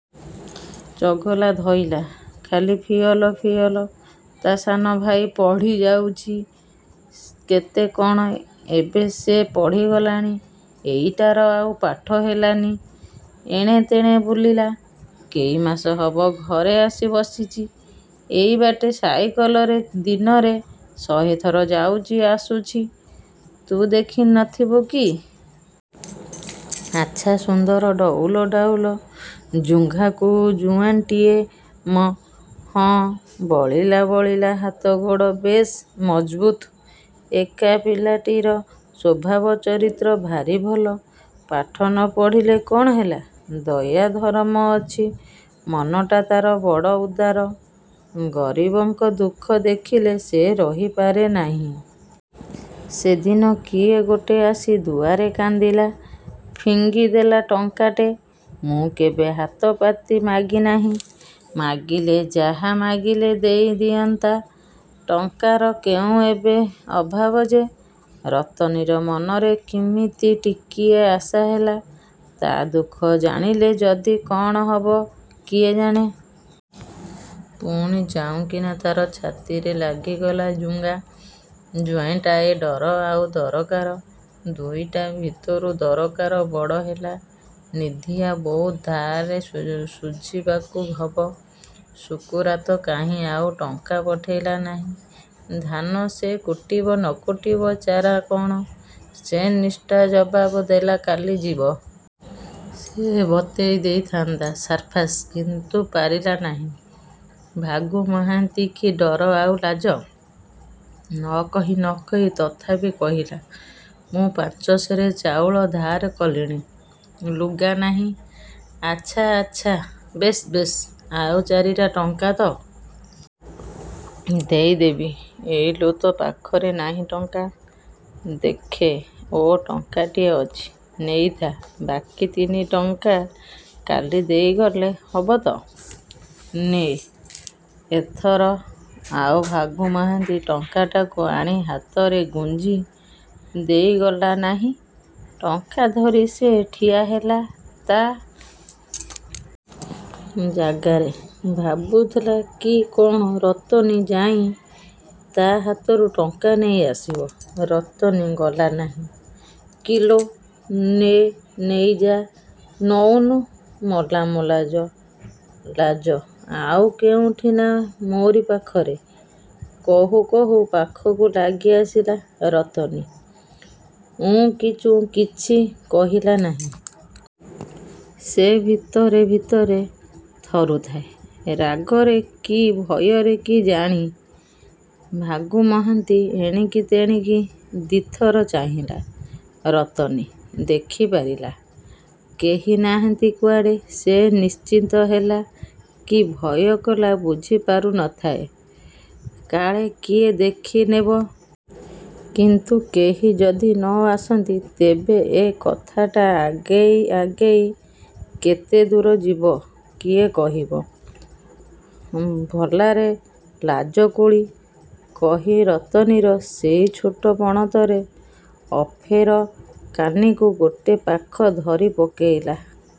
ଚଗଲା ଧଇଲା। ଖାଲି ଫିଅଲ ଫିଅଲ। ତା' ସାନ ଭାଇ ପଢ଼ିଯାଉଚି କେତେ କ'ଣ ଏବେ ସେ ପଢ଼ିଗଲାଣି। ଏଇଟାର ଆଉ ପାଠ ହେଲାନି। ଏଣେତେଣେ ବୁଲିଲା। କେଇମାସ ହବ ଘରେ ଆସି ବସିଚି। ଏଇ ବାଟେ ସାଇକଲରେ ଦିନରେ ଶହେ ଥର ଯାଉଚି ଆସୁଚି, ତୁ ଦେଖି ନଥିବୁ କି। ଆଚ୍ଛା ସୁନ୍ଦର ଡଉଲ ଡାଉଲ ଜୁଙ୍ଘାକୁ ଜୁଆନ୍ଟିଏ ମ! ହଁ ବଳିଲା ବଳିଲା ହାତ ଗୋଡ଼, ବେଶ୍ ମଜବୁତ୍। ଏକା ପିଲାଟିର ସ୍ୱଭାବ ଚରିତ୍ର ଭାରି ଭଲ। ପାଠ ନପଢ଼ିଲେ କ'ଣ ହେଲା ଦୟା ଧରମ ଅଛି। ମନଟା ତା'ର ବଡ଼ ଉଦାର। ଗରିବଙ୍କ ଦୁଃଖ ଦେଖିଲେ ସେ ରହିପାରେ ନାହିଁ। ସେଦିନ କିଏ ଗୋଟେ ଆସି ଦୁଆରେ କାନ୍ଦିଲା। ଫିଙ୍ଗି ଦେଲା ଟଙ୍କାଟେ। ମୁଁ କେବେ ହାତପାତି ମାଗିନାହିଁ। ମାଗିଲେ ଯାହା ମାଗିଲେ ଦେଇ ଦିଅନ୍ତା। ଟଙ୍କାର କେଉଁ ଏବେ ଅଭାବ ଯେ। ରତନୀର ମନରେ କିମିତି ଟିକିଏ ଆଶା ହେଲା। ତା' ଦୁଃଖ ଜାଣିଲେ ଯଦି କ'ଣ ହବ କିଏ ଜାଣେ। ପୁଣି ଚାଉଁକିନା ତା' ଛାତିରେ ଲାଗିଗଲା ଜୁଙ୍ଘା ଜୁଆନ୍ଟାଏ। ଡର ଆଉ ଦରକାର, ଦୁଇଟା ଭିତରୁ ଦରକାର ବଡ଼ ହେଲା। ନିଧିଆ ବୋଉ ଧାର ଶୁଝିବାକୁ ହବ। ଶୁକୁରାତ କାହିଁ ଆଉ ଟଙ୍କା ପଠେଇଲା ନାହିଁ। ଧାନ ସେ କୁଟିବ, ନକୁଟି ଚାରା କ'ଣ! ସେ ନିଷ୍ଠା ଜବାବ ଦେଲା କାଲି ଯିବ। ସେ ବତେଇ ଦେଇଥାନ୍ତା ସାଫ୍ସାଫ୍। କିନ୍ତୁ ପାରିଲା ନାହିଁ ଭାଗୁ ମହାନ୍ତିକି ଡର ଆଉ ଲାଜ। ନକହି ନକହି ତଥାପି କହିଲା ମୁଁ ପାଞ୍ଚ ସେର ଚାଉଳ ଧାର କଲିଣି ଲୁଗାନାହିଁ ।'' ''ଆଚ୍ଛା ଆଚ୍ଛା, ବେଶ୍ ବେଶ୍, ଆଉ ଚାରିଟା ଟଙ୍କା ତ? ଦେଇ ଦେବି। ଏଇଲୋ ତ ପାଖରେ ନାହିଁ ଟଙ୍କା। ଦେଖେ ଓ ଟଙ୍କାଟିଏ ଅଛି ନେଇଥା ବାକି ତିନି ଟଙ୍କା କାଲି ଦେଇଗଲେ ହବ ତ? ନେ'' ଏଥର ଆଉ ଭାଗୁ ମହାନ୍ତି ଟଙ୍କାଟାକୁ ଆଣି ହାତରେ ଗୁଞ୍ଜି ଦେଇଗଲା ନାହିଁ। ଟଙ୍କା ଧରି ସେ ଠିଆ ହେଲା ତା'। ଜାଗାରେ। ଭାବୁଥିଲା କି କ'ଣ ରତନୀ ଯାଇ ତା' ହାତରୁ ଟଙ୍କା ନେଇ ଆସିବ। ରତନୀ ଗଲା ନାହିଁ। ''କିଲୋ ନେ ନେଇଯା ନଉନୁ ମଲାମ ଲାଜ। ଲାଜ ଆଉ କେଉଁଠି, ନା ମୋରି ପାଖରେ'' କହୁ କହୁ ପାଖକୁ ଲାଗି ଆସିଲା। ରତନୀ ଉଁ କି ଚୁଁ କିଛି କହିଲା ନାହିଁ। ସେ ଭିତରେ ଭିତରେ ଥରୁଥାଏ। ରାଗରେ କି ଭୟରେ କି ଜାଣି! ଭାଗୁ ମହାନ୍ତି ଏଣିକି ତେଣିକି ଦି'ଥର ଚାହିଁଲା। ରତନୀ ଦେଖିପାରିଲା। କେହି ନାହାନ୍ତି କୁଆଡ଼େ। ସେ ନିଶ୍ଚିନ୍ତ ହେଲା କି ଭୟ କଲା ବୁଝି ପାରୁ ନଥାଏ। କାଳେ କିଏ ଦେଖି ନେବ। କିନ୍ତୁ କେହି ଯଦି ନ ଆସନ୍ତି ତେବେ ଏ କଥାଟା ଆଗେଇ ଆଗେଇ କେତେ ଦୂର ଯିବ କିଏ କହିବ। ''ଭଲାରେ ଲାଜକୁଳୀ! '' କହି ରତନୀର ସେଇ ଛୋଟ ପଣତର ଅଫେର କାନିରୁ ଗୋଟେ ପାଖ ଧରି ପକେଇଲା।